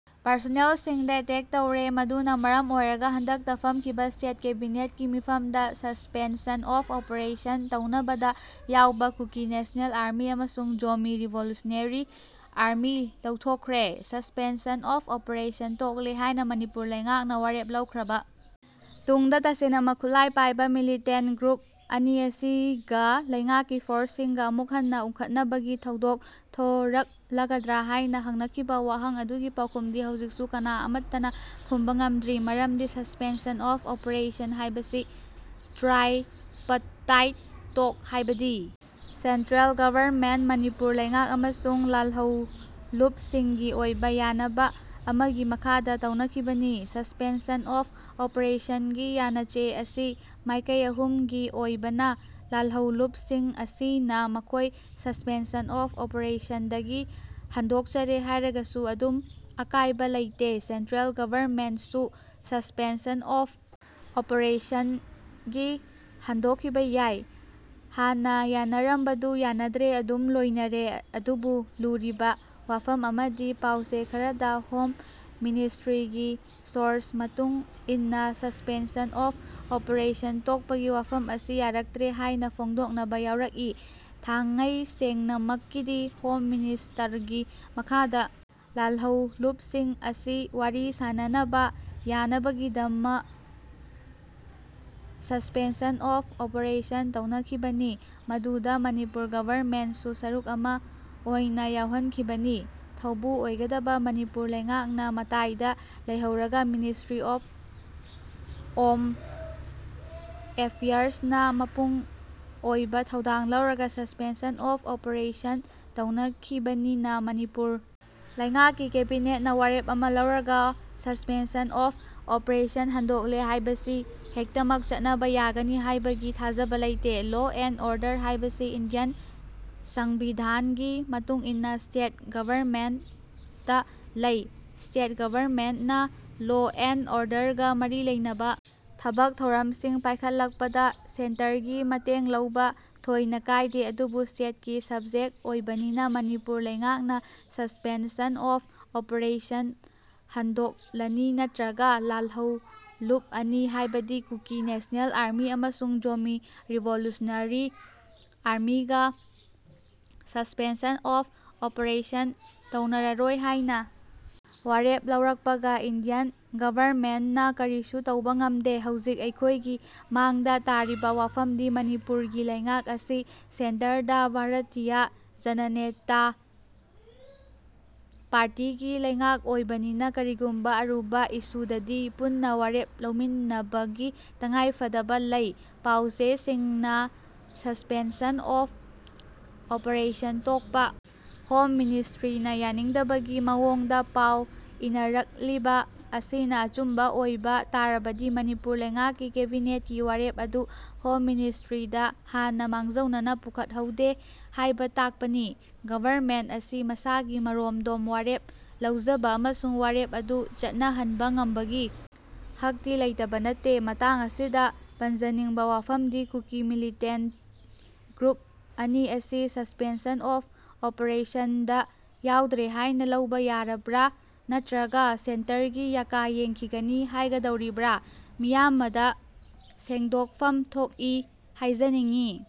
ꯄꯥꯔꯁꯣꯅꯦꯜꯁꯤꯡꯗ attack ꯇꯧꯔꯦ꯫ ꯃꯗꯨꯅ ꯃꯔꯝ ꯑꯣꯏꯔꯒ ꯍꯟꯗꯛꯇ ꯐꯝꯈꯤꯕ ꯁ꯭ꯇꯦꯠ ꯀꯦꯕꯤꯅꯦꯠꯀꯤ ꯃꯤꯐꯝꯗ ꯁꯁ꯭ꯄꯦꯟꯁꯟ ꯑꯣꯐ ꯑꯣꯄꯔꯦꯁꯟ ꯇꯧꯅꯕꯗ ꯌꯥꯎꯕ ꯀꯨꯀꯤ ꯅꯦꯁꯅꯦꯜ ꯑꯥꯔꯃꯤ ꯑꯃꯁꯨꯡ ꯖꯣꯃꯤ ꯔꯤꯚꯣꯂꯨꯁꯟꯅꯦꯔꯤ ꯑꯥꯔꯃꯤ ꯂꯧꯊꯣꯛꯈ꯭ꯔꯦ꯫ ꯁꯁ꯭ꯄꯦꯟꯁꯟ ꯑꯣꯐ ꯑꯣꯄꯔꯦꯁꯟ ꯇꯣꯛꯂꯦ ꯍꯥꯏꯅ ꯃꯅꯤꯄꯨꯔ ꯂꯩꯉꯥꯛꯅ ꯋꯥꯔꯦꯞ ꯂꯧꯈ꯭ꯔꯕ ꯇꯨꯡꯗ ꯇꯁꯦꯡꯅꯃꯛ ꯈꯨꯠꯂꯥꯏ ꯄꯥꯏꯕ ꯃꯤꯂꯤꯇꯦꯟꯠꯇ ꯒ꯭ꯔꯨꯞ ꯑꯅꯤ ꯑꯁꯤꯒ ꯂꯩꯉꯥꯛꯀꯤ ꯐꯣꯔꯁꯁꯤꯡꯒ ꯑꯃꯨꯛ ꯍꯟꯅ ꯎꯪꯈꯠꯅꯕꯒꯤ ꯊꯧꯗꯣꯛ ꯊꯣꯔꯛꯂꯒꯗ꯭ꯔ ꯍꯥꯏꯅ ꯍꯪꯅꯈꯤꯕ ꯋꯥꯍꯪ ꯑꯗꯨꯒꯤ ꯄꯥꯎꯈꯨꯝꯗꯤ ꯍꯧꯖꯤꯛꯁꯨ ꯀꯅꯥ ꯑꯃꯠꯇꯅ ꯈꯨꯝꯕ ꯉꯝꯗ꯭ꯔꯤ꯫ ꯃꯔꯝꯗꯤ ꯁꯁ꯭ꯄꯦꯟꯁꯟ ꯑꯣꯐ ꯑꯣꯄꯔꯦꯁꯟ ꯍꯥꯏꯕꯁꯤ ꯇ꯭ꯔꯥꯏꯄꯇꯥꯏꯠ ꯇꯣꯛ ꯍꯥꯏꯕꯗꯤ ꯁꯦꯟꯇ꯭ꯔꯦꯜ ꯒꯚꯔꯟꯃꯦꯟꯇ, ꯃꯅꯤꯄꯨꯔ ꯂꯩꯉꯥꯛ ꯑꯃꯁꯨꯡ ꯂꯥꯜꯍꯧꯂꯨꯞꯁꯤꯡꯒꯤ ꯑꯣꯏꯕ ꯌꯥꯅꯕ ꯑꯃꯒꯤ ꯃꯈꯥꯗ ꯇꯧꯅꯈꯤꯕꯅꯤ꯫ꯁꯁ꯭ꯄꯦꯟꯁꯟ ꯑꯣꯐ ꯑꯣꯄꯔꯦꯁꯟꯒꯤ ꯌꯥꯅꯆꯦ ꯑꯁꯤ ꯃꯥꯏꯀꯩ ꯑꯍꯨꯝꯒꯤ ꯑꯣꯏꯕꯅ ꯂꯥꯜꯍꯧꯂꯨꯞꯁꯤꯡ ꯑꯁꯤꯅ ꯃꯈꯣꯏ ꯁꯁ꯭ꯄꯦꯟꯁꯟ ꯑꯣꯐ ꯑꯣꯄꯔꯦꯁꯟꯗꯒꯤ ꯍꯟꯗꯣꯛꯆꯔꯦ ꯍꯥꯏꯔꯒꯁꯨ ꯑꯗꯨꯝ ꯑꯀꯥꯏꯕ ꯂꯩꯇꯦ꯫ ꯁꯦꯟꯇ꯭ꯔꯦꯜ ꯒꯚꯔꯟꯃꯦꯟꯠꯁꯨ ꯁꯁ꯭ꯄꯦꯟꯁꯟ ꯑꯣꯐ ꯑꯣꯄꯔꯦꯁꯟꯗꯒꯤ ꯍꯟꯗꯣꯛꯈꯤꯕ ꯌꯥꯏ꯫ ꯍꯥꯟꯅ ꯌꯥꯟꯅꯔꯝꯕꯗꯨ ꯌꯥꯟꯅꯗ꯭ꯔꯦ ꯑꯗꯨꯝ ꯂꯣꯏꯅꯔꯦ꯫ ꯑꯗꯨꯕꯨ ꯂꯨꯔꯤꯕ ꯋꯥꯐꯝ ꯑꯃꯗꯤ ꯄꯥꯎꯆꯦ ꯈꯔꯗ ꯍꯣꯝ ꯃꯤꯅꯤꯁꯇ꯭ꯔꯤꯒꯤ ꯁꯣꯔꯁ ꯃꯇꯨꯡ ꯏꯟꯅ ꯁꯁ꯭ꯄꯦꯟꯁꯟ ꯑꯣꯐ ꯑꯣꯄꯔꯦꯁꯟ ꯇꯣꯛꯄꯒꯤ ꯋꯥꯐꯝ ꯑꯁꯤ ꯌꯥꯔꯛꯇ꯭ꯔꯦ ꯍꯥꯏꯅ ꯐꯣꯡꯗꯣꯛꯅꯕ ꯌꯥꯎꯔꯛꯏ꯫ ꯊꯥꯡꯉꯩꯁꯦꯡꯅꯃꯛꯀꯤꯗꯤ ꯍꯣꯝ ꯃꯤꯅꯤꯁꯇꯔꯒꯤ ꯃꯈꯥꯗ ꯂꯥꯜꯍꯧꯂꯨꯞꯁꯤꯡ ꯑꯁꯤ ꯋꯥꯔꯤ ꯁꯥꯅꯅꯕ ꯌꯥꯅꯕꯒꯤꯗꯃ ꯁꯁ꯭ꯄꯦꯟꯁꯟ ꯑꯣꯐ ꯑꯣꯄꯔꯦꯁꯟ ꯇꯧꯅꯈꯤꯕꯅꯤ꯫ꯃꯗꯨꯗ ꯃꯅꯤꯄꯨꯔ ꯒꯚꯔꯟꯃꯦꯟꯠꯁꯨ ꯁꯔꯨꯛ ꯑꯃ ꯑꯣꯏꯅ ꯌꯥꯎꯍꯟꯈꯤꯕꯅꯤ꯫ ꯊꯧꯕꯨ ꯑꯣꯏꯒꯗꯕ ꯃꯅꯤꯄꯨꯔ ꯂꯩꯉꯥꯛꯅ ꯃꯇꯥꯏꯗ ꯂꯩꯍꯧꯔꯒ ꯃꯤꯅꯤꯁꯇ꯭ꯔꯤ ꯑꯣꯐ ꯑꯣꯝ ꯑꯦꯐꯤꯌꯥꯔꯁꯅ ꯃꯄꯨꯡ ꯑꯣꯏꯕ ꯊꯧꯗꯥꯡ ꯂꯧꯔꯒ ꯁꯁ꯭ꯄꯦꯟꯁꯟ ꯑꯣꯐ ꯑꯣꯄꯔꯦꯁꯟꯇꯧꯅꯈꯤꯕꯅꯤꯅ ꯃꯅꯤꯄꯨꯔ ꯂꯩꯉꯥꯛꯀꯤ ꯀꯦꯕꯤꯅꯦꯠꯅ ꯋꯥꯔꯦꯞ ꯑꯃ ꯂꯧꯔꯒ ꯁꯁ꯭ꯄꯦꯟꯁꯟ ꯑꯣꯐ ꯑꯣꯄꯔꯦꯁꯟ ꯍꯟꯗꯣꯛꯂꯦ ꯍꯥꯏꯕꯁꯤ ꯍꯦꯛꯇꯃꯛ ꯆꯠꯅꯕ ꯌꯥꯒꯅꯤ ꯍꯥꯏꯕꯒꯤ ꯊꯥꯖꯕ ꯂꯩꯇꯦ꯫ ꯂꯣ ꯑꯦꯟꯗ ꯑꯣꯔꯗꯔ ꯍꯥꯏꯕꯁꯤ ꯏꯟꯗꯤꯌꯥꯟ ꯁꯪꯕꯤꯙꯥꯟꯒꯤ ꯃꯇꯨꯡ ꯏꯟꯅ ꯁ꯭ꯇꯦꯠ ꯒꯚꯔꯟꯃꯦꯟꯠꯇ ꯂꯩ꯫ꯁ꯭ꯇꯦꯠ ꯒꯚꯔꯟꯃꯦꯟꯠꯅ ꯂꯣ ꯑꯦꯟꯗ ꯑꯣꯔꯗꯔꯒ ꯃꯔꯤ ꯂꯩꯅꯕ ꯊꯕꯛ ꯊꯧꯔꯝꯁꯤꯡ ꯄꯥꯏꯈꯠꯂꯛꯄꯗ ꯁꯦꯟꯇꯔꯒꯤ ꯃꯇꯦꯡꯂꯧꯕ ꯊꯣꯏꯅ ꯀꯥꯏꯗꯦ꯫ ꯑꯗꯨꯕꯨ ꯁ꯭ꯇꯦꯠꯀꯤ ꯁꯕꯖꯦꯛ ꯑꯣꯏꯕꯅꯤꯅ ꯃꯅꯤꯄꯨꯔ ꯂꯩꯉꯥꯛꯅ ꯁꯁ꯭ꯄꯦꯟꯁꯟ ꯑꯣꯐ ꯑꯣꯄꯔꯦꯁꯟ ꯍꯟꯗꯣꯛꯂꯅꯤ ꯅꯠꯇ꯭ꯔꯒ ꯂꯥꯜꯍꯧꯂꯨꯞ ꯑꯅꯤ ꯍꯥꯏꯕꯗꯤ ꯀꯨꯀꯤ ꯅꯦꯁꯅꯦꯜ ꯑꯥꯔꯃꯤ ꯑꯃꯁꯨꯡ ꯖꯣꯃꯤ ꯔꯤꯚꯣꯂꯨꯁꯟꯅꯦꯔꯤ ꯑꯥꯔꯃꯤꯒ ꯁꯁ꯭ꯄꯦꯟꯁꯟ ꯑꯣꯐ ꯑꯣꯄꯔꯦꯁꯟ ꯇꯧꯅꯔꯔꯣꯏ ꯍꯥꯏꯅ ꯋꯥꯔꯦꯞ ꯂꯧꯔꯛꯄꯒ ꯏꯟꯗꯤꯌꯥ ꯒꯚꯔꯟꯃꯦꯟꯠꯅ ꯀꯔꯤꯁꯨ ꯇꯧꯕ ꯉꯝꯗꯦ꯫ꯍꯧꯖꯤꯛ ꯑꯩꯈꯣꯏꯒꯤ ꯃꯥꯡꯗ ꯇꯥꯔꯤꯕ ꯋꯥꯐꯝꯗꯤ ꯃꯅꯤꯄꯨꯔꯒꯤ ꯂꯩꯉꯥꯛ ꯑꯁꯤ ꯁꯦꯟꯇꯔꯗ ꯚꯥꯔꯠꯇꯤꯌꯥ ꯖꯟꯅꯅꯦꯟꯇꯥ ꯄꯥꯔꯇꯤꯒꯤ ꯂꯩꯉꯥꯛ ꯑꯣꯏꯕꯅꯤꯅ ꯀꯔꯤꯒꯨꯝꯕ ꯑꯔꯨꯕ ꯏꯁꯨꯗꯗꯤ ꯄꯨꯟꯅ ꯋꯥꯔꯦꯞ ꯂꯧꯃꯤꯟꯅꯕꯒꯤ ꯇꯉꯥꯏꯐꯗꯕ ꯂꯩ꯫ ꯄꯥꯎꯆꯦꯁꯤꯡꯅ ꯁꯁ꯭ꯄꯦꯟꯁꯟ ꯑꯣꯐ ꯑꯣꯄꯔꯦꯁꯟ ꯇꯣꯛꯄ ꯍꯣꯝ ꯃꯅꯤꯁꯇ꯭ꯔꯤꯅ ꯌꯥꯅꯤꯡꯗꯕꯒꯤ ꯃꯑꯣꯡꯗ ꯄꯥꯎ ꯏꯅꯔꯛꯂꯤꯕ ꯑꯁꯤꯅ ꯑꯆꯨꯝꯕ ꯑꯣꯏꯕ ꯇꯥꯔꯕꯗꯤ ꯃꯅꯤꯄꯨꯔ ꯂꯩꯉꯥꯛꯀꯤ ꯀꯦꯕꯤꯅꯦꯠꯀꯤ ꯋꯥꯔꯦꯞ ꯑꯗꯨ ꯍꯣꯝ ꯃꯤꯅꯤꯁꯇ꯭ꯔꯤꯗ ꯍꯥꯟꯅ ꯃꯥꯡꯖꯧꯅꯅ ꯄꯨꯈꯠꯍꯧꯗꯦ ꯍꯥꯏꯕ ꯇꯥꯛꯄꯅꯤ꯫ ꯒꯚꯔꯃꯦꯟꯠ ꯑꯁꯤ ꯃꯁꯥꯒꯤ ꯃꯔꯣꯝꯗꯣꯝ ꯋꯥꯔꯦꯞ ꯂꯧꯖꯕ ꯑꯃꯁꯨꯡ ꯋꯥꯔꯦꯞ ꯑꯗꯨ ꯆꯠꯅꯍꯟꯕ ꯉꯝꯕꯒꯤ ꯍꯛꯇꯤ ꯂꯩꯇꯕ ꯅꯠꯇꯦ꯫ ꯃꯇꯥꯡ ꯑꯁꯤꯗ ꯄꯟꯖꯅꯤꯡꯕ ꯋꯥꯐꯝꯗꯤ ꯀꯨꯀꯤ ꯃꯤꯂꯤꯇꯦꯟꯠꯇ ꯒ꯭ꯔꯨꯞ ꯑꯅꯤ ꯑꯁꯤ ꯁꯁ꯭ꯄꯦꯟꯁꯟ ꯑꯣꯐ ꯑꯣꯄꯔꯦꯁꯟꯗ ꯌꯥꯎꯗ꯭ꯔꯦ ꯍꯥꯏꯅ ꯂꯧꯕ ꯌꯥꯔꯕ꯭ꯔꯥ ꯅꯠꯇ꯭ꯔꯒ ꯁꯦꯟꯇꯔꯒꯤ ꯌꯥꯀꯥ ꯌꯦꯡꯈꯤꯒꯅꯤ ꯍꯥꯏꯒꯗꯧꯔꯤꯕ꯭ꯔꯥ ꯃꯤꯌꯥꯃꯗ ꯁꯦꯡꯗꯣꯛꯐꯝ ꯊꯣꯛꯏ ꯍꯥꯏꯖꯅꯤꯡꯉꯤ꯫